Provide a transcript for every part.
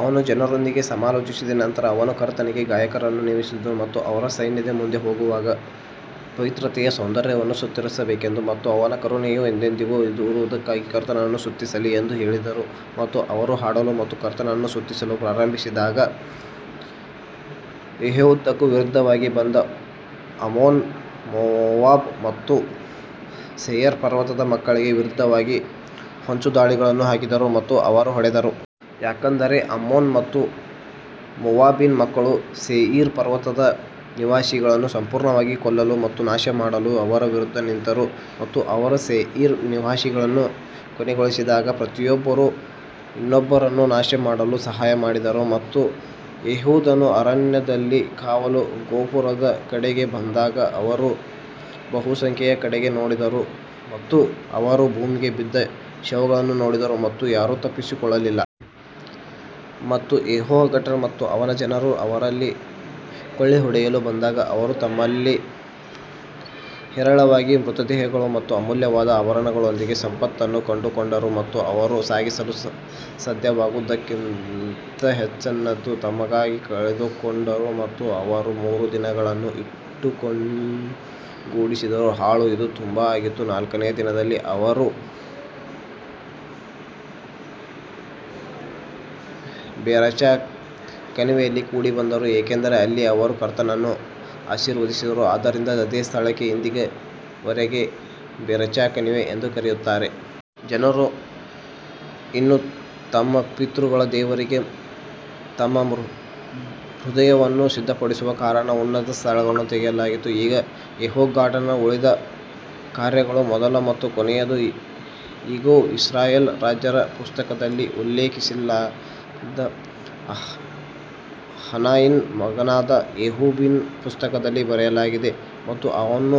ಅವನು ಜನರೊಂದಿಗೆ ಸಮಾಲೋಚಿಸಿದ ನಂತರ ಅವನು ಕರ್ತನಿಗೆ ಗಾಯಕರನ್ನು ನೇಮಿಸಿದನು ಮತ್ತು ಅವರು ಸೈನ್ಯದ ಮುಂದೆ ಹೋಗುವಾಗ ಪವಿತ್ರತೆಯ ಸೌಂದರ್ಯವನ್ನು ಸ್ತುತಿಸಬೇಕೆಂದು ಮತ್ತು ಆತನ ಕರುಣೆಯು ಎಂದೆಂದಿಗೂ ಇರುವದಕ್ಕಾಗಿ ಕರ್ತನನ್ನು ಸ್ತುತಿಸಲಿ ಎಂದು ಹೇಳಿದರು. ಮತ್ತು ಅವರು ಹಾಡಲು ಮತ್ತು ಕರ್ತನನ್ನು ಸ್ತುತಿಸಲು ಪ್ರಾರಂಭಿಸಿದಾಗ ಯೆಹೂದಕ್ಕೆ ವಿರುದ್ಧವಾಗಿ ಬಂದ ಅಮ್ಮೋನ್ ಮೋವಾಬ್ ಮತ್ತು ಸೇಯರ್ ಪರ್ವತದ ಮಕ್ಕಳಿಗೆ ವಿರುದ್ಧವಾಗಿ ಹೊಂಚುದಾಳಿಗಳನ್ನು ಹಾಕಿದರು ಮತ್ತು ಅವರು ಹೊಡೆದರು. ಯಾಕಂದರೆ ಅಮ್ಮೋನ್ ಮತ್ತು ಮೋವಾಬಿನ ಮಕ್ಕಳು ಸೇಯಿರ್ ಪರ್ವತದ ನಿವಾಸಿಗಳನ್ನು ಸಂಪೂರ್ಣವಾಗಿ ಕೊಲ್ಲಲು ಮತ್ತು ನಾಶಮಾಡಲು ಅವರ ವಿರುದ್ಧ ನಿಂತರು ಮತ್ತು ಅವರು ಸೇಯಿರ್ ನಿವಾಸಿಗಳನ್ನು ಕೊನೆಗೊಳಿಸಿದಾಗ ಪ್ರತಿಯೊಬ್ಬರೂ ಇನ್ನೊಬ್ಬರನ್ನು ನಾಶಮಾಡಲು ಸಹಾಯ ಮಾಡಿದರು. ಮತ್ತು ಯೆಹೂದನು ಅರಣ್ಯದಲ್ಲಿ ಕಾವಲು ಗೋಪುರದ ಕಡೆಗೆ ಬಂದಾಗ ಅವರು ಬಹುಸಂಖ್ಯೆಯ ಕಡೆಗೆ ನೋಡಿದರು ಮತ್ತು ಅವರು ಭೂಮಿಗೆ ಬಿದ್ದ ಶವಗಳನ್ನು ನೋಡಿದರು ಮತ್ತು ಯಾರೂ ತಪ್ಪಿಸಿಕೊಳ್ಳಲಿಲ್ಲ. ಮತ್ತು ಯೆಹೋಷಾಫಾಟನು ಮತ್ತು ಅವನ ಜನರು ಅವರಲ್ಲಿ ಕೊಳ್ಳೆಹೊಡೆಯಲು ಬಂದಾಗ ಅವರು ತಮ್ಮಲ್ಲಿ ಹೇರಳವಾಗಿ ಮೃತದೇಹಗಳು ಮತ್ತು ಅಮೂಲ್ಯವಾದ ಆಭರಣಗಳೊಂದಿಗೆ ಸಂಪತ್ತನ್ನು ಕಂಡುಕೊಂಡರು ಮತ್ತು ಅವರು ಸಾಗಿಸಲು ಸಾಧ್ಯವಾಗುವುದಕ್ಕಿಂತ ಹೆಚ್ಚಿನದನ್ನು ತಮಗಾಗಿ ಕಸಿದುಕೊಂಡರು ಮತ್ತು ಅವರು ಮೂರು ದಿನಗಳನ್ನು ಒಟ್ಟುಗೂಡಿಸಿದರು. ಹಾಳು ಇದು ತುಂಬಾ ಆಗಿತ್ತು ನಾಲ್ಕನೆಯ ದಿನದಲ್ಲಿ ಅವರು ಬೆರಾಚಾ ಕಣಿವೆಯಲ್ಲಿ ಕೂಡಿಬಂದರು, ಯಾಕಂದರೆ ಅಲ್ಲಿ ಅವರು ಕರ್ತನನ್ನು ಆಶೀರ್ವದಿಸಿದರು, ಆದ್ದರಿಂದ ಅದೇ ಸ್ಥಳಕ್ಕೆ ಇಂದಿನ ವರೆಗೆ ಬೆರಾಚಾ ಕಣಿವೆ ಎಂದು ಕರೆಯುತ್ತಾರೆ. ಜನರು ಇನ್ನೂ ತಮ್ಮ ಪಿತೃಗಳ ದೇವರಿಗೆ ತಮ್ಮ ಹೃದಯವನ್ನು ಸಿದ್ಧಪಡಿಸದ ಕಾರಣ ಉನ್ನತ ಸ್ಥಳಗಳನ್ನು ತೆಗೆಯಲಾಗಿಲ್ಲ. ಈಗ ಯೆಹೋಷಾಫಾಟನ ಉಳಿದ ಕಾರ್ಯಗಳು ಮೊದಲ ಮತ್ತು ಕೊನೆಯದು ಇಗೋ, ಇಸ್ರಾಯೇಲ್ ರಾಜರ ಪುಸ್ತಕದಲ್ಲಿ ಉಲ್ಲೇಖಿಸಲಾದ ಹನಾನಿಯ ಮಗನಾದ ಯೇಹುವಿನ ಪುಸ್ತಕದಲ್ಲಿ ಬರೆಯಲಾಗಿದೆ. ಮತ್ತು ಅವನು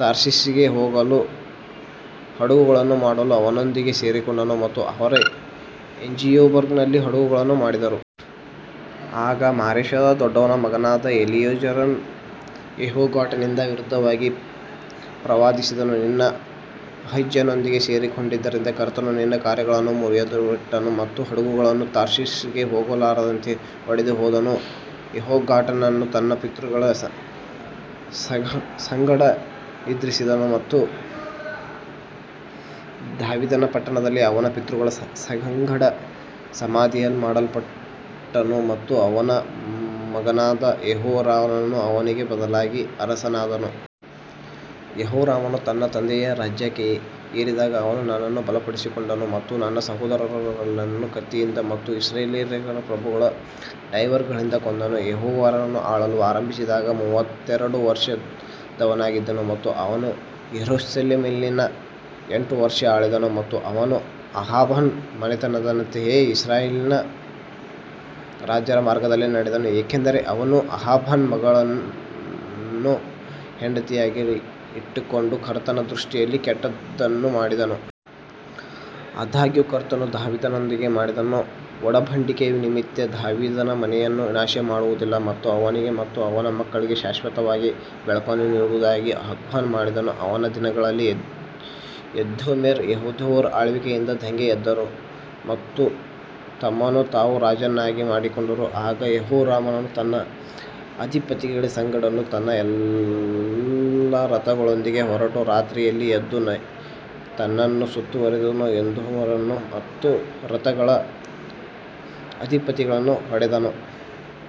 ತಾರ್ಷಿಷಿಗೆ ಹೋಗಲು ಹಡಗುಗಳನ್ನು ಮಾಡಲು ಅವನೊಂದಿಗೆ ಸೇರಿಕೊಂಡನು ಮತ್ತು ಅವರು ಎಜಿಯೋಂಗೆಬರ್ನಲ್ಲಿ ಹಡಗುಗಳನ್ನು ಮಾಡಿದರು. ಆಗ ಮಾರೇಷಾದ ದೋಡವನ ಮಗನಾದ ಎಲೀಯೇಜರನು ಯೆಹೋಷಾಫಾಟನಿಗೆ ವಿರುದ್ಧವಾಗಿ ಪ್ರವಾದಿಸಿದನು, ನೀನು ಅಹಜ್ಯನೊಂದಿಗೆ ಸೇರಿಕೊಂಡಿದ್ದರಿಂದ ಕರ್ತನು ನಿನ್ನ ಕಾರ್ಯಗಳನ್ನು ಮುರಿದುಬಿಟ್ಟನು ಮತ್ತು ಹಡಗುಗಳು ತಾರ್ಷೀಷಿಗೆ ಹೋಗಲಾರದೆ ಒಡೆದುಹೋದವು. ಯೆಹೋಷಾಫಾಟನು ತನ್ನ ಪಿತೃಗಳ ಸಂಗಡ ನಿದ್ರಿಸಿದನು ಮತ್ತು ದಾವೀದನ ಪಟ್ಟಣದಲ್ಲಿ ಅವನ ಪಿತೃಗಳ ಸಂಗಡ ಸಮಾಧಿಮಾಡಲ್ಪಟ್ಟನು ಮತ್ತು ಅವನ ಮಗನಾದ ಯೆಹೋರಾಮನು ಅವನಿಗೆ ಬದಲಾಗಿ ಅರಸನಾದನು. ಯೆಹೋರಾಮನು ತನ್ನ ತಂದೆಯ ರಾಜ್ಯಕ್ಕೆ ಏರಿದಾಗ ಅವನು ತನ್ನನ್ನು ಬಲಪಡಿಸಿಕೊಂಡನು ಮತ್ತು ತನ್ನ ಸಹೋದರರೆಲ್ಲರನ್ನು ಕತ್ತಿಯಿಂದ ಮತ್ತು ಇಸ್ರಾಯೇಲ್ಯರ ಪ್ರಭುಗಳ ಡೈವರ್ಗಳಿಂದ ಕೊಂದನು. ಯೆಹೋರಾಮನು ಆಳಲು ಆರಂಭಿಸಿದಾಗ ಮೂವತ್ತೆರಡು ವರ್ಷದವನಾಗಿದ್ದನು ಮತ್ತು ಅವನು ಯೆರೂಸಲೇಮಿನಲ್ಲಿ ಎಂಟು ವರ್ಷ ಆಳಿದನು. ಮತ್ತು ಅವನು ಅಹಾಬನ ಮನೆತನದಂತೆಯೇ ಇಸ್ರಾಯೇಲ್ ರಾಜರ ಮಾರ್ಗದಲ್ಲಿ ನಡೆದನು, ಯಾಕಂದರೆ ಅವನು ಅಹಾಬನ ಮಗಳನ್ನು ಹೆಂಡತಿಯಾಗಿಟ್ಟುಕೊಂಡು ಕರ್ತನ ದೃಷ್ಟಿಯಲ್ಲಿ ಕೆಟ್ಟದ್ದನ್ನು ಮಾಡಿದನು. ಆದಾಗ್ಯೂ ಕರ್ತನು ದಾವೀದನೊಂದಿಗೆ ಮಾಡಿದ ಒಡಂಬಡಿಕೆಯ ನಿಮಿತ್ತ ದಾವೀದನ ಮನೆಯನ್ನು ನಾಶಮಾಡುವುದಿಲ್ಲ ಮತ್ತು ಅವನಿಗೆ ಮತ್ತು ಅವನ ಮಕ್ಕಳಿಗೆ ಶಾಶ್ವತವಾಗಿ ಬೆಳಕನ್ನು ನೀಡುವುದಾಗಿ ವಾಗ್ದಾನ ಮಾಡಿದನು. ಅವನ ದಿನಗಳಲ್ಲಿ ಎದೋಮ್ಯರು ಯೆಹೂದದ ಆಳ್ವಿಕೆಯಿಂದ ದಂಗೆ ಎದ್ದರು ಮತ್ತು ತಮ್ಮನ್ನು ತಾವು ರಾಜನನ್ನಾಗಿ ಮಾಡಿಕೊಂಡರು ಆಗ ಯೆಹೋರಾಮನು ತನ್ನ ಅಧಿಪತಿಗಳ ಸಂಗಡಲೂ ತನ್ನ ಎಲ್ಲಾ ರಥಗಳೊಂದಿಗೆ ಹೊರಟು ರಾತ್ರಿಯಲ್ಲಿ ಎದ್ದು ತನ್ನನ್ನು ಸುತ್ತುವರಿದಿದ್ದ ಎದೋಮ್ಯರನ್ನು ಮತ್ತು ರಥಗಳ ಅಧಿಪತಿಗಳನ್ನು ಹೊಡೆದನು.